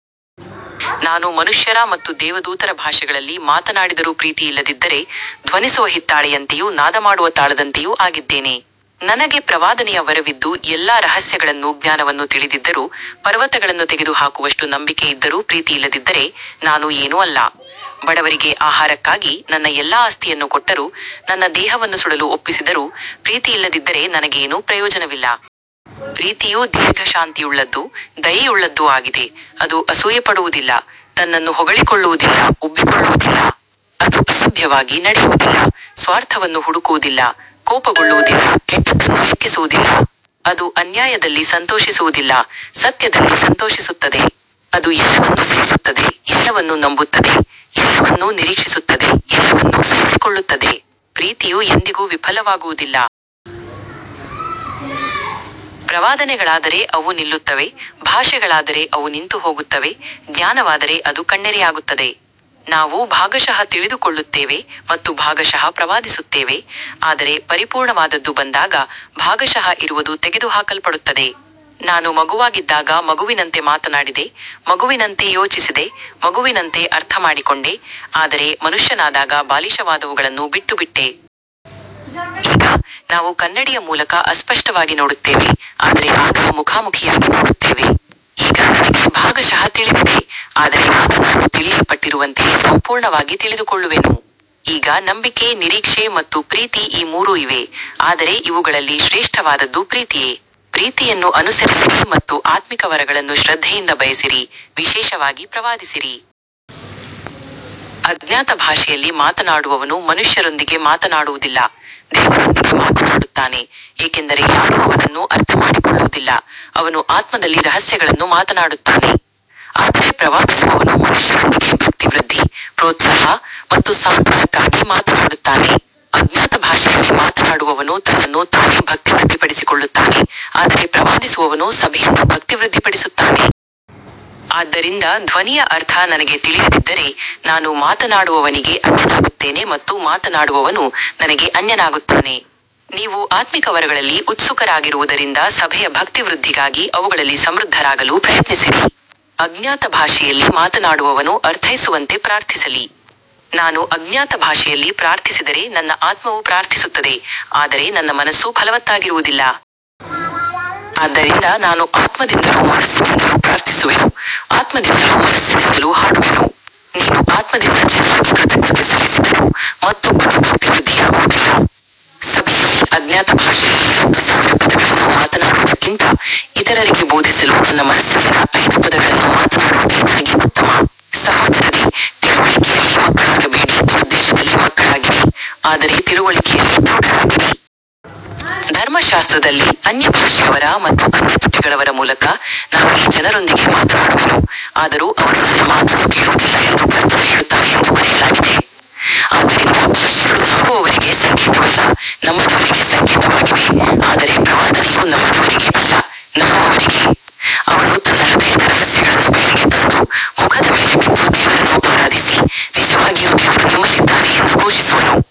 ನಾನು ಮನುಷ್ಯರ ಮತ್ತು ದೇವದೂತರ ಭಾಷೆಗಳಲ್ಲಿ ಮಾತನಾಡಿದರೂ ಪ್ರೀತಿಯಿಲ್ಲದಿದ್ದರೆ ಧ್ವನಿಸುವ ಹಿತ್ತಾಳೆಯಂತೆಯೂ ನಾದಮಾಡುವ ತಾಳದಂತೆಯೂ ಆಗಿದ್ದೇನೆ. ನನಗೆ ಪ್ರವಾದನೆಯ ವರವಿದ್ದು ಎಲ್ಲಾ ರಹಸ್ಯಗಳನ್ನೂ ಜ್ಞಾನವನ್ನೂ ತಿಳಿದಿದ್ದರೂ, ಪರ್ವತಗಳನ್ನು ತೆಗೆದುಹಾಕುವಷ್ಟು ನಂಬಿಕೆ ಇದ್ದರೂ ಪ್ರೀತಿಯಿಲ್ಲದಿದ್ದರೆ ನಾನು ಏನೂ ಅಲ್ಲ. ಬಡವರಿಗೆ ಆಹಾರಕ್ಕಾಗಿ ನನ್ನ ಎಲ್ಲಾ ಆಸ್ತಿಯನ್ನು ಕೊಟ್ಟರೂ ನನ್ನ ದೇಹವನ್ನು ಸುಡಲು ಒಪ್ಪಿಸಿದರೂ ಪ್ರೀತಿಯಿಲ್ಲದಿದ್ದರೆ ನನಗೆ ಏನೂ ಪ್ರಯೋಜನವಿಲ್ಲ. ಪ್ರೀತಿಯು ದೀರ್ಘಶಾಂತಿಯುಳ್ಳದ್ದೂ ದಯೆಯುಳ್ಳದ್ದೂ ಆಗಿದೆ, ಅದು ಅಸೂಯೆಪಡುವುದಿಲ್ಲ, ತನ್ನನ್ನು ಹೊಗಳಿಕೊಳ್ಳುವುದಿಲ್ಲ, ಉಬ್ಬಿಕೊಳ್ಳುವುದಿಲ್ಲ. ಅದು ಅಸಭ್ಯವಾಗಿ ನಡೆಯುವುದಿಲ್ಲ, ಸ್ವಾರ್ಥವನ್ನು ಹುಡುಕುವುದಿಲ್ಲ, ಕೋಪಗೊಳ್ಳುವುದಿಲ್ಲ, ಕೆಟ್ಟದ್ದನ್ನು ಲೆಕ್ಕಿಸುವುದಿಲ್ಲ. ಅದು ಅನ್ಯಾಯದಲ್ಲಿ ಸಂತೋಷಿಸುವುದಿಲ್ಲ, ಸತ್ಯದಲ್ಲಿ ಸಂತೋಷಿಸುತ್ತದೆ. ಅದು ಎಲ್ಲವನ್ನೂ ಸಹಿಸುತ್ತದೆ, ಎಲ್ಲವನ್ನೂ ನಂಬುತ್ತದೆ, ಎಲ್ಲವನ್ನೂ ನಿರೀಕ್ಷಿಸುತ್ತದೆ, ಎಲ್ಲವನ್ನೂ ಸಹಿಸಿಕೊಳ್ಳುತ್ತದೆ. ಪ್ರೀತಿಯು ಎಂದಿಗೂ ವಿಫಲವಾಗುವುದಿಲ್ಲ. ಪ್ರವಾದನೆಗಳಾದರೆ ಅವು ನಿಲ್ಲುತ್ತವೆ, ಭಾಷೆಗಳಾದರೆ ಅವು ನಿಂತುಹೋಗುತ್ತವೆ, ಜ್ಞಾನವಾದರೆ ಅದು ಕಣ್ಮರೆಯಾಗುತ್ತದೆ. ನಾವು ಭಾಗಶಃ ತಿಳಿದುಕೊಳ್ಳುತ್ತೇವೆ ಮತ್ತು ಭಾಗಶಃ ಪ್ರವಾದಿಸುತ್ತೇವೆ, ಆದರೆ ಪರಿಪೂರ್ಣವಾದದ್ದು ಬಂದಾಗ ಭಾಗಶಃ ಇರುವದು ತೆಗೆದುಹಾಕಲ್ಪಡುತ್ತದೆ. ನಾನು ಮಗುವಾಗಿದ್ದಾಗ ಮಗುವಿನಂತೆ ಮಾತನಾಡಿದೆ, ಮಗುವಿನಂತೆ ಯೋಚಿಸಿದೆ, ಮಗುವಿನಂತೆ ಅರ್ಥಮಾಡಿಕೊಂಡೆ, ಆದರೆ ಮನುಷ್ಯನಾದಾಗ ಬಾಲಿಶವಾದವುಗಳನ್ನು ಬಿಟ್ಟುಬಿಟ್ಟೆ. ಈಗ ನಾವು ಕನ್ನಡಿಯ ಮೂಲಕ ಅಸ್ಪಷ್ಟವಾಗಿ ನೋಡುತ್ತೇವೆ, ಆದರೆ ಆಗ ಮುಖಾಮುಖಿಯಾಗಿ ನೋಡುತ್ತೇವೆ. ಈಗ ನನಗೆ ಭಾಗಶಃ ತಿಳಿದಿದೆ, ಆದರೆ ಆಗ ನಾನು ತಿಳಿಯಲ್ಪಟ್ಟಿರುವಂತೆಯೇ ಸಂಪೂರ್ಣವಾಗಿ ತಿಳಿದುಕೊಳ್ಳುವೆನು. ಈಗ ನಂಬಿಕೆ, ನಿರೀಕ್ಷೆ ಮತ್ತು ಪ್ರೀತಿ ಈ ಮೂರೂ ಇವೆ, ಆದರೆ ಇವುಗಳಲ್ಲಿ ಶ್ರೇಷ್ಠವಾದದ್ದು ಪ್ರೀತಿಯೇ. ಪ್ರೀತಿಯನ್ನು ಅನುಸರಿಸಿರಿ ಮತ್ತು ಆತ್ಮಿಕ ವರಗಳನ್ನು ಶ್ರದ್ಧೆಯಿಂದ ಬಯಸಿರಿ, ವಿಶೇಷವಾಗಿ ಪ್ರವಾದಿಸಿರಿ. ಅಜ್ಞಾತ ಭಾಷೆಯಲ್ಲಿ ಮಾತನಾಡುವವನು ಮನುಷ್ಯರೊಂದಿಗೆ ಮಾತನಾಡುವುದಿಲ್ಲ, ದೇವರೊಂದಿಗೆ ಮಾತನಾಡುತ್ತಾನೆ, ಏಕೆಂದರೆ ಯಾರೂ ಅವನನ್ನು ಅರ್ಥಮಾಡಿಕೊಳ್ಳುವುದಿಲ್ಲ, ಅವನು ಆತ್ಮದಲ್ಲಿ ರಹಸ್ಯಗಳನ್ನು ಮಾತನಾಡುತ್ತಾನೆ. ಆದರೆ ಪ್ರವಾದಿಸುವವನು ಮನುಷ್ಯರೊಂದಿಗೆ ಭಕ್ತಿವೃದ್ಧಿ, ಪ್ರೋತ್ಸಾಹ ಮತ್ತು ಸಾಂತ್ವನಕ್ಕಾಗಿ ಮಾತನಾಡುತ್ತಾನೆ. ಅಜ್ಞಾತ ಭಾಷೆಯಲ್ಲಿ ಮಾತನಾಡುವವನು ತನ್ನನ್ನು ತಾನೇ ಭಕ್ತಿವೃದ್ಧಿಪಡಿಸಿಕೊಳ್ಳುತ್ತಾನೆ, ಆದರೆ ಪ್ರವಾದಿಸುವವನು ಸಭೆಯನ್ನು ಭಕ್ತಿವೃದ್ಧಿಪಡಿಸುತ್ತಾನೆ. ಆದ್ದರಿಂದ ಧ್ವನಿಯ ಅರ್ಥ ನನಗೆ ತಿಳಿಯದಿದ್ದರೆ ನಾನು ಮಾತನಾಡುವವನಿಗೆ ಅನ್ಯನಾಗುತ್ತೇನೆ ಮತ್ತು ಮಾತನಾಡುವವನು ನನಗೆ ಅನ್ಯನಾಗುತ್ತಾನೆ. ನೀವು ಆತ್ಮಿಕ ವರಗಳಲ್ಲಿ ಉತ್ಸುಕರಾಗಿರುವುದರಿಂದ ಸಭೆಯ ಭಕ್ತಿವೃದ್ಧಿಗಾಗಿ ಅವುಗಳಲ್ಲಿ ಸಮೃದ್ಧರಾಗಲು ಪ್ರಯತ್ನಿಸಿರಿ. ಅಜ್ಞಾತ ಭಾಷೆಯಲ್ಲಿ ಮಾತನಾಡುವವನು ಅರ್ಥೈಸುವಂತೆ ಪ್ರಾರ್ಥಿಸಲಿ. ನಾನು ಅಜ್ಞಾತ ಭಾಷೆಯಲ್ಲಿ ಪ್ರಾರ್ಥಿಸಿದರೆ ನನ್ನ ಆತ್ಮವು ಪ್ರಾರ್ಥಿಸುತ್ತದೆ, ಆದರೆ ನನ್ನ ಮನಸ್ಸು ಫಲವತ್ತಾಗಿರುವುದಿಲ್ಲ. ಆದ್ದರಿಂದ ನಾನು ಆತ್ಮದಿಂದಲೂ ಮನಸ್ಸಿನಿಂದಲೂ ಪ್ರಾರ್ಥಿಸುವೆನು, ಆತ್ಮದಿಂದಲೂ ಮನಸ್ಸಿನಿಂದಲೂ ಹಾಡುವೆನು. ನೀನು ಆತ್ಮದಿಂದ ಚೆನ್ನಾಗಿ ಕೃತಜ್ಞತೆ ಸಲ್ಲಿಸಿದರೂ ಮತ್ತೊಬ್ಬನು ಭಕ್ತಿವೃದ್ಧಿಯಾಗುವುದಿಲ್ಲ. ಸಭೆಯಲ್ಲಿ ಅಜ್ಞಾತ ಭಾಷೆಯಲ್ಲಿ ಹತ್ತು ಸಾವಿರ ಪದಗಳನ್ನು ಮಾತನಾಡುವುದಕ್ಕಿಂತ, ಇತರರಿಗೆ ಬೋಧಿಸಲು ನನ್ನ ಮನಸ್ಸಿನಿಂದ ಐದು ಪದಗಳನ್ನು ಮಾತನಾಡುವುದೇ ನನಗೆ ಉತ್ತಮ. ಸಹೋದರರೇ, ತಿಳುವಳಿಕೆಯಲ್ಲಿ ಮಕ್ಕಳಾಗಬೇಡಿ, ದುರುದ್ದೇಶದಲ್ಲಿ ಮಕ್ಕಳಾಗಿರಿ, ಆದರೆ ತಿಳುವಳಿಕೆಯಲ್ಲಿ ಪ್ರೌಢರಾಗಿರಿ. ಧರ್ಮಶಾಸ್ತ್ರದಲ್ಲಿ, ಅನ್ಯಭಾಷೆಯವರ ಮತ್ತು ಅನ್ಯ ತುಟಿಗಳವರ ಮೂಲಕ ನಾನು ಈ ಜನರೊಂದಿಗೆ ಮಾತನಾಡುವೆನು, ಆದರೂ ಅವರು ನನ್ನ ಮಾತನ್ನು ಕೇಳುವುದಿಲ್ಲ ಎಂದು ಕರ್ತನು ಹೇಳುತ್ತಾನೆ ಎಂದು ಬರೆಯಲಾಗಿದೆ. ಆದ್ದರಿಂದ ಭಾಷೆಗಳು ನಂಬುವವರಿಗೆ ಸಂಕೇತವಲ್ಲ, ನಂಬದವರಿಗೆ ಸಂಕೇತವಾಗಿವೆ, ಆದರೆ ಪ್ರವಾದನೆಯು ನಂಬದವರಿಗೆ ಅಲ್ಲ, ನಂಬುವವರಿಗೆ. ಅವನು ತನ್ನ ಹೃದಯದ ರಹಸ್ಯಗಳನ್ನು ಬಯಲಿಗೆ ತಂದು, ಮುಖದ ಮೇಲೆ ಬಿದ್ದು ದೇವರನ್ನು ಆರಾಧಿಸಿ, ನಿಜವಾಗಿಯೂ ದೇವರು ನಿಮ್ಮಲ್ಲಿದ್ದಾನೆ ಎಂದು ಘೋಷಿಸುವನು.